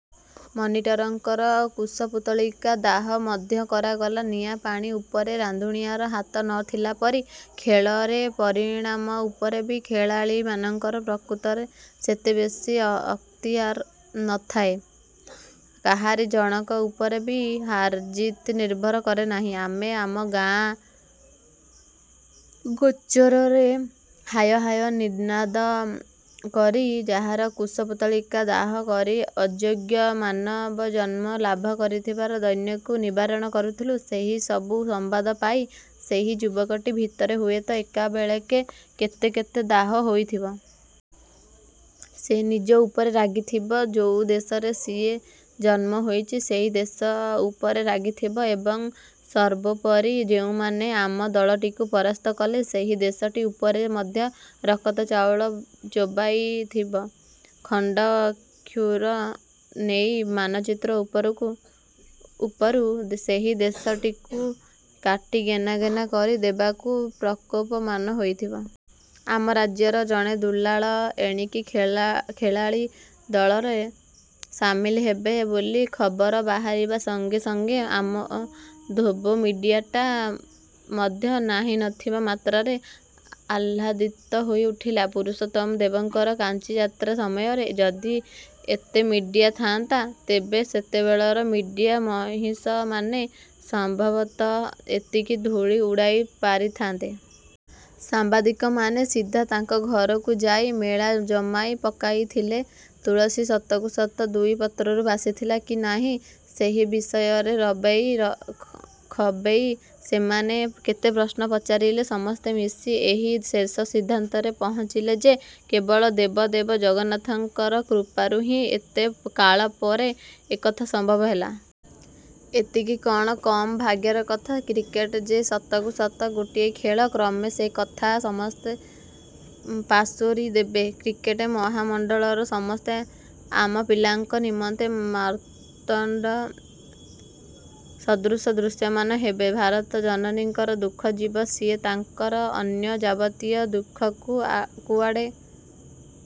ମନିଟରଙ୍କର କୁଶପୁତ୍ତଳିକା ଦାହ ମଧ୍ୟ କରାଗଲା। ନିଆଁ ପାଣି ଉପରେ ରାନ୍ଧୁଣିଆର ହାତ ନ ଥିଲା ପରି ଖେଳରେ ପରିଣାମ ଉପରେ ବି ଖେଳାଳିମାନଙ୍କର ପ୍ରକୃତରେ ସେତେ ବେଶୀ ଅକ୍ତିଆର ନଥାଏ, କାହାରି ଜଣକ ଉପରେ ବି ହାରଜିତ୍ ନିର୍ଭର କରେନାହିଁ। ଆମେ ଆମ ଗାଆଁ ଗୋଚରରେ ହାୟ ହାୟ ନିନାଦ କରି ଯାହାର କୁଶପୁତ୍ତଳିକା ଦାହ କରି ଅଯୋଗ୍ୟ ମାନବଜନ୍ମ ଲାଭ କରିଥିବାର ଦୈନ୍ୟକୁ ନିବାରଣ କରୁଥିଲୁ, ସେହିସବୁ ସମ୍ବାଦ ପାଇ ସେହି ଯୁବକଟି ଭିତରେ ହୁଏତ ଏକାବେଳେକେ କେତେ କେତେ ଦାହ ହୋଇଥିବ। ସେ ନିଜ ଉପରେ ରାଗିଥିବ ଯୋଉ ଦେଶରେ ସିଏ ଜନ୍ମ ହୋଇଛି, ସେହି ଦେଶ ଉପରେ ରାଗିଥିବ ଏବଂ ସର୍ବୋପରି ଯେଉଁମାନେ ଆମ ଦଳଟିକୁ ପରାସ୍ତ କଲେ, ସେହି ଦେଶଟି ଉପରେ ମଧ୍ୟ ରକତଚାଉଳ ଚୋବାଇଥିବ। ଖଣ୍ଡ କ୍ଷୁର ନେଇ ମାନଚିତ୍ର ଉପରକୁ ଉପରୁ ସେହି ଦେଶଟିକୁ କାଟି ଗେନା ଗେନା କରି ଦେବାକୁ ପ୍ରକୋପମାନ ହୋଇଥିବ। ଆମ ରାଜ୍ୟର ଜଣେ ଦୁଲାଳ ଏଣିକି ଖେଳା ଖେଳାଳି ଦଳରେ ସାମିଲ ହେବେ ବୋଲି ଖବର ବାହାରିବା ସଂଗେ ସଂଗେ ଆମ ଧୋବ ମିଡ଼ିଆଟା ମଧ୍ୟ ନାହିଁନଥିବା ମାତ୍ରାରେ ଆହ୍ଲାଦିତ ହୋଇଉଠିଲା। ପୁରୁଷୋତ୍ତମ ଦେବଙ୍କର କାଞ୍ଚିଯାତ୍ରା ସମୟରେ ଯଦି ଏତେ ମିଡ଼ିଆ ଥାଆନ୍ତା, ତେବେ ସେତେବେଳର ମିଡ଼ିଆ ମହିଷମାନେ ସମ୍ଭବତଃ ଏତିକି ଧୂଳି ଉଡ଼ାଇ ପାରିଥାନ୍ତେ। ସାମ୍ବାଦିକମାନେ ସିଧା ତାଙ୍କ ଘରକୁ ଯାଇ ମେଳା ଜମାଇ ପକାଇଥିଲେ। ତୁଳସୀ ସତକୁ ସତ ଦୁଇ ପତ୍ରରୁ ବାସିଥିଲା କି ନାହିଁ, ସେହି ବିଷୟରେ ରବେଇ ଖବେଇ ସେମାନେ କେତେ ପ୍ରଶ୍ନ ପଚାରିଲେ। ସମସ୍ତେ ମିଶି ଏହି ଶେଷ ସିଦ୍ଧାନ୍ତରେ ପହଞ୍ଚିଲେ ଯେ କେବଳ ଦେବ ଦେବ ଜଗନ୍ନାଥଙ୍କର କୃପାରୁ ହିଁ ଏତେ କାଳପରେ ଏକଥା ସମ୍ଭବ ହେଲା। ଏତିକି କଣ କମ୍ ଭାଗ୍ୟର କଥା? କ୍ରିକେଟ ଯେ ସତକୁ ସତ ଗୋଟିଏ ଖେଳ, କ୍ରମେ ସେ କଥା ସମସ୍ତେ ପାସୋରିଦେବେ। କ୍ରିକେଟ ମହାମଣ୍ଡଳର ସମସ୍ତେ ଆମ ପିଲାଙ୍କ ନିମନ୍ତେ ମାର୍ତ୍ତଣ୍ଡ ସଦୃଶ ଦୃଶ୍ୟମାନ ହେବେ। ଭାରତ ଜନନୀଙ୍କର ଦୁଃଖ ଯିବ। ସିଏ ତାଙ୍କର ଅନ୍ୟ ଯାବତୀୟ ଦୁଃଖକୁ ଆ କୁଆଡ଼େ